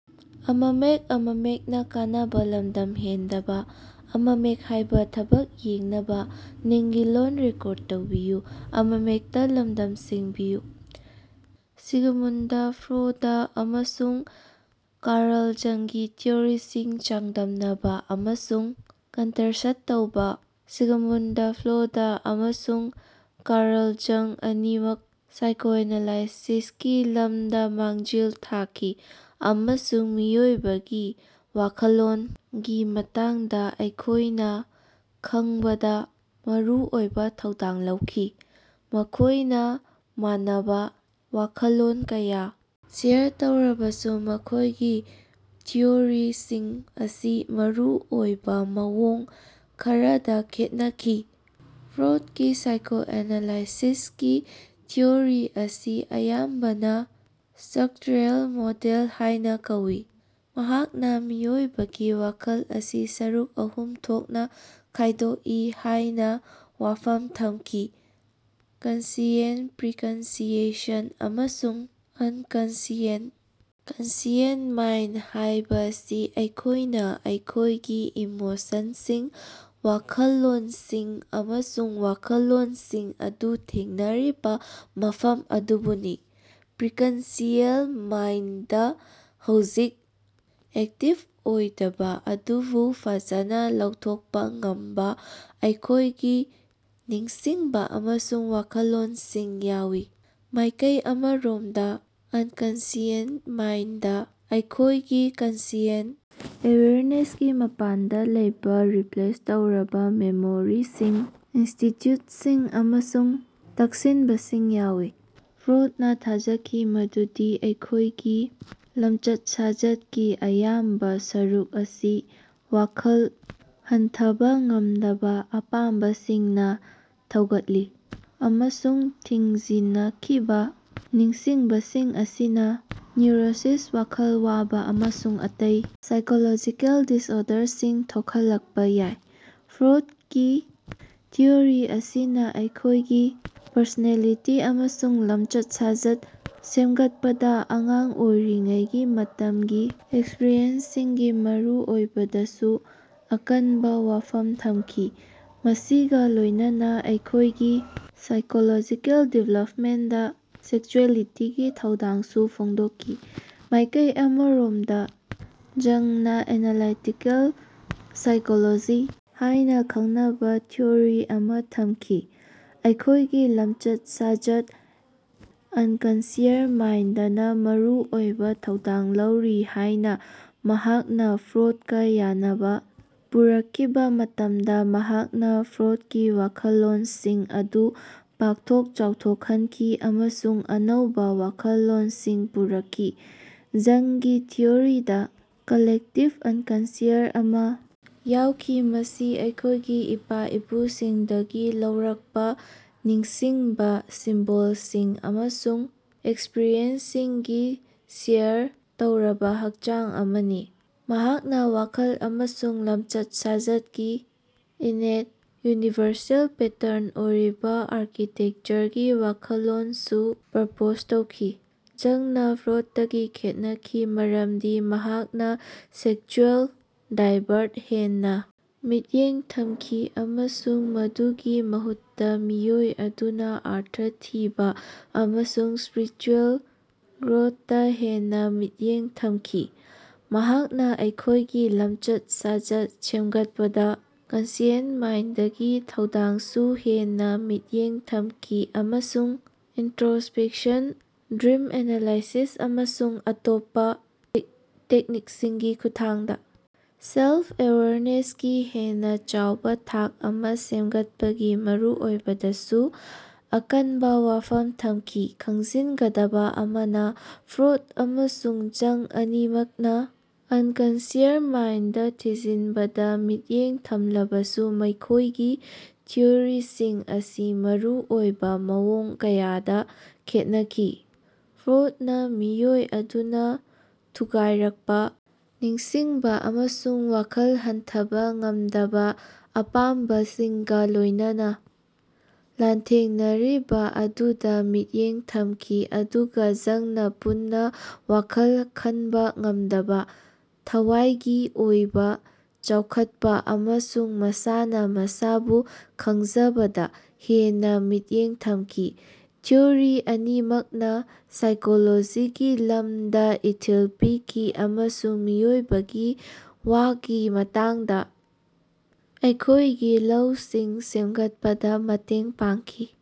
Sigmund Freud ꯑꯃꯁꯨꯡ Carl ꯖꯪꯒꯤ ꯊꯤꯑꯣꯔꯤꯁꯤꯡ ꯆꯥꯡꯗꯝꯅꯕ ꯑꯃꯁꯨꯡ ꯀꯟꯇꯔꯁ꯭ꯠ ꯇꯧꯕ꯫ ꯁꯤꯒꯃꯨꯟꯗ ꯐ꯭ꯔꯣꯗ ꯑꯃꯁꯨꯡ ꯀꯥꯔꯜ ꯖꯪ ꯑꯅꯤꯃꯛ ꯁꯥꯏꯀꯣꯑꯦꯅꯥꯂꯥꯏꯁꯤꯁꯀꯤ ꯂꯝꯗ ꯃꯥꯡꯖꯤꯜ ꯊꯥꯈꯤ ꯑꯃꯁꯨꯡ ꯃꯤꯑꯣꯏꯕꯒꯤ ꯋꯥꯈꯜꯂꯣꯟꯒꯤ ꯃꯇꯥꯡꯗ ꯑꯩꯈꯣꯏꯅ ꯈꯪꯕꯗ ꯃꯔꯨꯑꯣꯏꯕ ꯊꯧꯗꯥꯡ ꯂꯧꯈꯤ꯫ ꯃꯈꯣꯏꯅ ꯃꯥꯟꯅꯕ ꯋꯥꯈꯜꯂꯣꯟ ꯀꯌꯥ ꯁꯦꯌꯔ ꯇꯧꯔꯕꯁꯨ ꯃꯈꯣꯏꯒꯤ ꯊꯤꯑꯣꯔꯤꯁꯤꯡ ꯑꯁꯤ ꯃꯔꯨꯑꯣꯏꯕ ꯃꯑꯣꯡ ꯈꯔꯗ ꯈꯦꯠꯅꯈꯤ꯫ ꯐ꯭ꯔꯣꯗꯀꯤ ꯁꯥꯏꯀꯣꯑꯦꯅꯥꯂꯥꯏꯁꯤꯁꯀꯤ ꯊꯤꯑꯣꯔꯤ ꯑꯁꯤ ꯑꯌꯥꯝꯕꯅ ꯁ꯭ꯇꯔꯛꯆꯔꯦꯜ ꯃꯣꯗꯦꯜ ꯍꯥꯏꯅ ꯀꯧꯏ꯫ ꯃꯍꯥꯛꯅ ꯃꯤꯑꯣꯏꯕꯒꯤ ꯋꯥꯈꯜ ꯑꯁꯤ ꯁꯔꯨꯛ ꯑꯍꯨꯝ ꯊꯣꯛꯅ ꯈꯥꯏꯗꯣꯛꯏ ꯍꯥꯏꯅ ꯋꯥꯐꯝ ꯊꯝꯈꯤ -ꯀꯟꯁꯤꯌꯦꯟꯇ, ꯄ꯭ꯔꯤꯀꯟꯁꯤꯌꯦꯁꯟ ꯑꯃꯁꯨꯡ ꯑꯟꯀꯟꯁꯤꯌꯦꯟꯇ꯫ ꯀꯟꯁꯤꯌꯦꯟꯇ ꯃꯥꯏꯟꯗ ꯍꯥꯏꯕꯁꯤ ꯑꯩꯈꯣꯏꯅ ꯑꯩꯈꯣꯏꯒꯤ ꯏꯃꯣꯁꯟꯁꯤꯡ, ꯋꯥꯈꯜꯂꯣꯟꯁꯤꯡ ꯑꯃꯁꯨꯡ ꯋꯥꯈꯜꯂꯣꯟꯁꯤꯡ ꯑꯗꯨ ꯊꯦꯡꯅꯔꯤꯕ ꯃꯐꯝ ꯑꯗꯨꯕꯨꯅꯤ꯫ ꯄ꯭ꯔꯤꯀꯟꯁꯤꯌꯦꯜ ꯃꯥꯏꯟꯗꯗ ꯍꯧꯖꯤꯛ ꯑꯦꯛꯇꯤꯕ ꯑꯣꯏꯗꯕ ꯑꯗꯨꯕꯨ ꯐꯖꯅ ꯂꯧꯊꯣꯛꯄ ꯉꯝꯕ ꯑꯩꯈꯣꯏꯒꯤ ꯅꯤꯡꯁꯤꯡꯕ ꯑꯃꯁꯨꯡ ꯋꯥꯈꯜꯂꯣꯟꯁꯤꯡ ꯌꯥꯎꯏ꯫ ꯃꯥꯏꯀꯩ ꯑꯃꯔꯣꯝꯗ, ꯑꯟꯀꯟꯁꯤꯌꯦꯟꯇ ꯃꯥꯏꯟꯗꯗ ꯑꯩꯈꯣꯏꯒꯤ ꯀꯟꯁꯤꯌꯦꯟꯇ ꯑꯦꯋꯦꯌꯔꯅꯦꯁꯀꯤ ꯃꯄꯥꯟꯗ ꯂꯩꯕ ꯔꯤꯄ꯭ꯔꯦꯁ ꯇꯧꯔꯕ ꯃꯦꯃꯣꯔꯤꯁꯤꯡ, ꯏꯟꯁꯇꯤꯇ꯭ꯌꯨꯠꯁꯤꯡ ꯑꯃꯁꯨꯡ ꯇꯛꯁꯤꯟꯕꯁꯤꯡ ꯌꯥꯎꯏ꯫ ꯐ꯭ꯔꯣꯗ ꯅꯥ ꯊꯥꯖꯈꯤ ꯃꯗꯨꯗꯤ ꯑꯩꯈꯣꯏꯒꯤ ꯂꯝꯆꯠ-ꯁꯥꯖꯠꯀꯤ ꯑꯌꯥꯝꯕ ꯁꯔꯨꯛ ꯑꯁꯤ ꯋꯥꯈꯜ ꯈꯟꯊꯕ ꯉꯝꯗꯕ ꯑꯄꯥꯝꯕꯁꯤꯡꯅ ꯊꯧꯒꯠꯂꯤ ꯑꯃꯁꯨꯡ ꯊꯤꯡꯖꯤꯅꯈꯤꯕ ꯅꯤꯡꯁꯤꯡꯕꯁꯤꯡ ꯑꯁꯤꯅ ꯅ꯭ꯌꯨꯔꯣꯁꯤꯁ, ꯋꯥꯈꯜ ꯋꯥꯕ ꯑꯃꯁꯨꯡ ꯑꯇꯩ ꯁꯥꯏꯀꯣꯂꯣꯖꯤꯀꯦꯜ ꯗꯤꯁꯑꯣꯔꯗꯔꯁꯤꯡ ꯊꯣꯛꯍꯜꯂꯛꯄ ꯌꯥꯏ꯫ ꯐ꯭ꯔꯣꯗꯀꯤ ꯊꯤꯑꯣꯔꯤ ꯑꯁꯤꯅ ꯑꯩꯈꯣꯏꯒꯤ ꯄꯔꯁꯣꯅꯦꯂꯤꯇꯤ ꯑꯃꯁꯨꯡ ꯂꯝꯆꯠ-ꯁꯥꯖꯠ ꯁꯦꯝꯒꯠꯄꯗ ꯑꯉꯥꯡ ꯑꯣꯏꯔꯤꯉꯩꯒꯤ ꯃꯇꯝꯒꯤ ꯑꯦꯛꯁꯄ꯭ꯔꯤꯌꯦꯟꯁꯁꯤꯡꯒꯤ ꯃꯔꯨꯑꯣꯏꯕꯗꯁꯨ ꯑꯀꯟꯕ ꯋꯥꯐꯝ ꯊꯝꯈꯤ, ꯃꯁꯤꯒ ꯂꯣꯏꯅꯅ ꯑꯩꯈꯣꯏꯒꯤ ꯁꯥꯏꯀꯣꯂꯣꯖꯤꯀꯦꯜ ꯗꯤꯚꯦꯂꯞꯃꯦꯟꯇꯗ ꯁꯦꯛꯁꯨꯑꯦꯂꯤꯇꯤꯒꯤ ꯊꯧꯗꯥꯡꯁꯨ ꯐꯣꯡꯗꯣꯛꯈꯤ꯫ ꯃꯥꯏꯀꯩ ꯑꯃꯔꯣꯝꯗ ꯖꯪꯅ ꯑꯦꯅꯥꯂꯥꯏꯇꯤꯀꯦꯜ ꯁꯥꯏꯀꯣꯂꯣꯖꯤ ꯍꯥꯏꯅ ꯈꯪꯅꯕ ꯊꯤꯑꯣꯔꯤ ꯑꯃ ꯊꯝꯈꯤ꯫ ꯑꯩꯈꯣꯏꯒꯤ ꯂꯝꯆꯠ-ꯁꯥꯖꯠꯇ ꯑꯟꯀꯟꯁꯤꯌꯁ ꯃꯥꯏꯟꯗꯅ ꯃꯔꯨꯑꯣꯏꯕ ꯊꯧꯗꯥꯡ ꯂꯧꯔꯤ ꯍꯥꯏꯅ ꯃꯍꯥꯛꯅ ꯐ꯭ꯔꯣꯗꯀꯥ ꯌꯥꯅꯕ ꯄꯨꯔꯛꯈꯤꯕ ꯃꯇꯝꯗ ꯃꯍꯥꯛꯅ ꯐ꯭ꯔꯣꯗꯀꯤ ꯋꯥꯈꯜꯂꯣꯟꯁꯤꯡ ꯑꯗꯨ ꯄꯥꯛꯊꯣꯛ ꯆꯥꯎꯊꯣꯛꯍꯟꯈꯤ ꯑꯃꯁꯨꯡ ꯑꯅꯧꯕ ꯋꯥꯈꯜꯂꯣꯟꯁꯤꯡ ꯄꯨꯔꯛꯈꯤ꯫ ꯖꯪꯒꯤ ꯊꯤꯑꯣꯔꯤꯗ ꯀꯥꯂꯦꯛꯇꯤꯕ ꯑꯟꯀꯟꯁꯤꯌꯔ ꯑꯃ ꯌꯥꯎꯈꯤ, ꯃꯁꯤ ꯑꯩꯈꯣꯏꯒꯤ ꯏꯄꯥ-ꯏꯄꯨꯁꯤꯡꯗꯒꯤ ꯂꯧꯔꯛꯄ ꯅꯤꯡꯁꯤꯡꯕ, ꯁꯤꯝꯕꯣꯜꯁꯤꯡ ꯑꯃꯁꯨꯡ ꯑꯦꯛꯁꯄ꯭ꯔꯤꯌꯦꯟꯁꯁꯤꯡꯒꯤ ꯁꯦꯌꯔ ꯇꯧꯔꯕ ꯍꯛꯆꯥꯡ ꯑꯃꯅꯤ꯫ ꯃꯍꯥꯛꯅ ꯋꯥꯈꯜ ꯑꯃꯁꯨꯡ ꯂꯝꯆꯠ-ꯁꯥꯖꯠꯀꯤ ꯏꯟꯅꯦꯠ, ꯌꯨꯅꯤꯚꯔꯁꯦꯜ ꯄꯦꯇꯔꯟ ꯑꯣꯏꯔꯤꯕ ꯑꯥꯔꯀꯤꯇꯦꯛꯆꯔꯒꯤ ꯋꯥꯈꯜꯂꯣꯟꯁꯨ ꯄ꯭ꯔꯄꯣꯖ ꯇꯧꯈꯤ꯫ ꯖꯪꯅ ꯐ꯭ꯔꯣꯗꯇꯒꯤ ꯈꯦꯠꯅꯈꯤ ꯃꯔꯝꯗꯤ ꯃꯍꯥꯛꯅ ꯁꯦꯛꯁꯨꯑꯦꯜ ꯗ꯭ꯔꯥꯏꯕꯇꯥ ꯍꯦꯟꯅ ꯃꯤꯠꯌꯦꯡ ꯊꯝꯈꯤ ꯑꯃꯁꯨꯡ ꯃꯗꯨꯒꯤ ꯃꯍꯨꯠꯇ ꯃꯤꯑꯣꯏ ꯑꯗꯨꯅ ꯑꯔꯊ ꯊꯤꯕ ꯑꯃꯁꯨꯡ ꯁ꯭ꯄꯤꯔꯤꯆꯨꯌꯦꯜ ꯒ꯭ꯔꯣꯊꯇꯥ ꯍꯦꯟꯅ‌ ꯃꯤꯠꯌꯦꯡ ꯊꯝꯈꯤ꯫ ꯃꯍꯥꯛꯅ ꯑꯩꯈꯣꯏꯒꯤ ꯂꯝꯆꯠ-ꯁꯥꯖꯠ ꯁꯦꯝꯒꯠꯄꯗ ꯀꯟꯁꯤꯌꯦꯟꯇ ꯃꯥꯏꯟꯗꯒꯤ ꯊꯧꯗꯥꯡꯗꯁꯨ ꯍꯦꯟꯅ ꯃꯤꯠꯌꯦꯡ ꯊꯝꯈꯤ ꯑꯃꯁꯨꯡ ꯏꯟꯇꯔꯣꯁ꯭ꯄꯦꯛꯁꯟ, ꯗ꯭ꯔꯤꯝ ꯑꯦꯅꯥꯂꯥꯏꯁꯤꯁ ꯑꯃꯁꯨꯡ ꯑꯇꯣꯞꯄ ꯇꯦꯛꯅꯤꯛꯁꯤꯡꯒꯤ ꯈꯨꯠꯊꯥꯡꯗ ꯁꯦꯜꯐ-ꯑꯦꯋꯥꯔꯅꯦꯁꯀꯤ ꯍꯦꯟꯅ ꯆꯥꯎꯕꯥ ꯊꯥꯛ ꯑꯃ ꯁꯦꯝꯒꯠꯄꯒꯤ ꯃꯔꯨꯑꯣꯏꯕꯗꯁꯨ ꯑꯀꯟꯕ ꯋꯥꯐꯝ ꯊꯝꯈꯤ꯫ ꯈꯪꯖꯤꯟꯒꯗꯕ ꯑꯃꯅ, ꯐ꯭ꯔꯣꯗ ꯑꯃꯁꯨꯡ ꯖꯪ ꯑꯅꯤꯃꯛꯅ ꯑꯟꯀꯟꯁꯤꯌꯁ ꯃꯥꯏꯟꯗ ꯊꯤꯖꯤꯟꯕꯗ ꯃꯤꯠꯌꯦꯡ ꯊꯝꯂꯕꯁꯨ ꯃꯈꯣꯏꯒꯤ ꯊꯤꯑꯣꯔꯤꯁꯤꯡ ꯑꯁꯤ ꯃꯔꯨ ꯑꯣꯏꯕ ꯃꯑꯣꯡ ꯀꯌꯥꯗ ꯈꯦꯠꯅꯈꯤ꯫ ꯐ꯭ꯔꯣꯗꯅ ꯃꯤꯑꯣꯏ ꯑꯗꯨꯅ ꯊꯨꯒꯥꯏꯔꯛꯄ ꯅꯤꯡꯁꯤꯡꯕ ꯑꯃꯁꯨꯡ ꯋꯥꯈꯜ ꯍꯟꯊꯥꯕ ꯉꯝꯗꯕ ꯑꯄꯥꯝꯕꯁꯤꯡꯒ ꯂꯣꯏꯅꯅ ꯂꯥꯟꯊꯦꯡꯅꯔꯤꯕ ꯑꯗꯨꯗ ꯃꯤꯠꯌꯦꯡ ꯊꯝꯈꯤ, ꯑꯗꯨꯒ ꯖꯪꯅꯥ ꯄꯨꯟꯅ ꯋꯥꯈꯜ ꯈꯟꯕ ꯉꯝꯗꯕ, ꯊꯋꯥꯏꯒꯤ ꯑꯣꯏꯕ ꯆꯥꯎꯈꯠꯄ‌ ꯑꯃꯁꯨꯡ ꯃꯁꯥꯅ‌ ꯃꯁꯥꯕꯨ ꯈꯪꯖꯕꯗ ꯍꯦꯟꯅ ꯃꯤꯠꯌꯦꯡ ꯊꯝꯈꯤ꯫ ꯊꯤꯑꯣꯔꯤ ꯑꯅꯤꯃꯛꯅ ꯁꯥꯏꯀꯣꯂꯣꯖꯤꯒꯤ ꯂꯝꯗ ꯏꯊꯤꯜ ꯄꯤꯈꯤ ꯑꯃꯁꯨꯡ ꯃꯤꯑꯣꯏꯕꯒꯤ ꯋꯥꯈꯒꯤ ꯃꯇꯥꯡꯗ ꯑꯩꯈꯣꯏꯒꯤ ꯂꯧꯁꯤꯡ ꯁꯦꯝꯒꯠꯄꯗ ꯃꯇꯦꯡ ꯄꯥꯡꯈꯤ꯫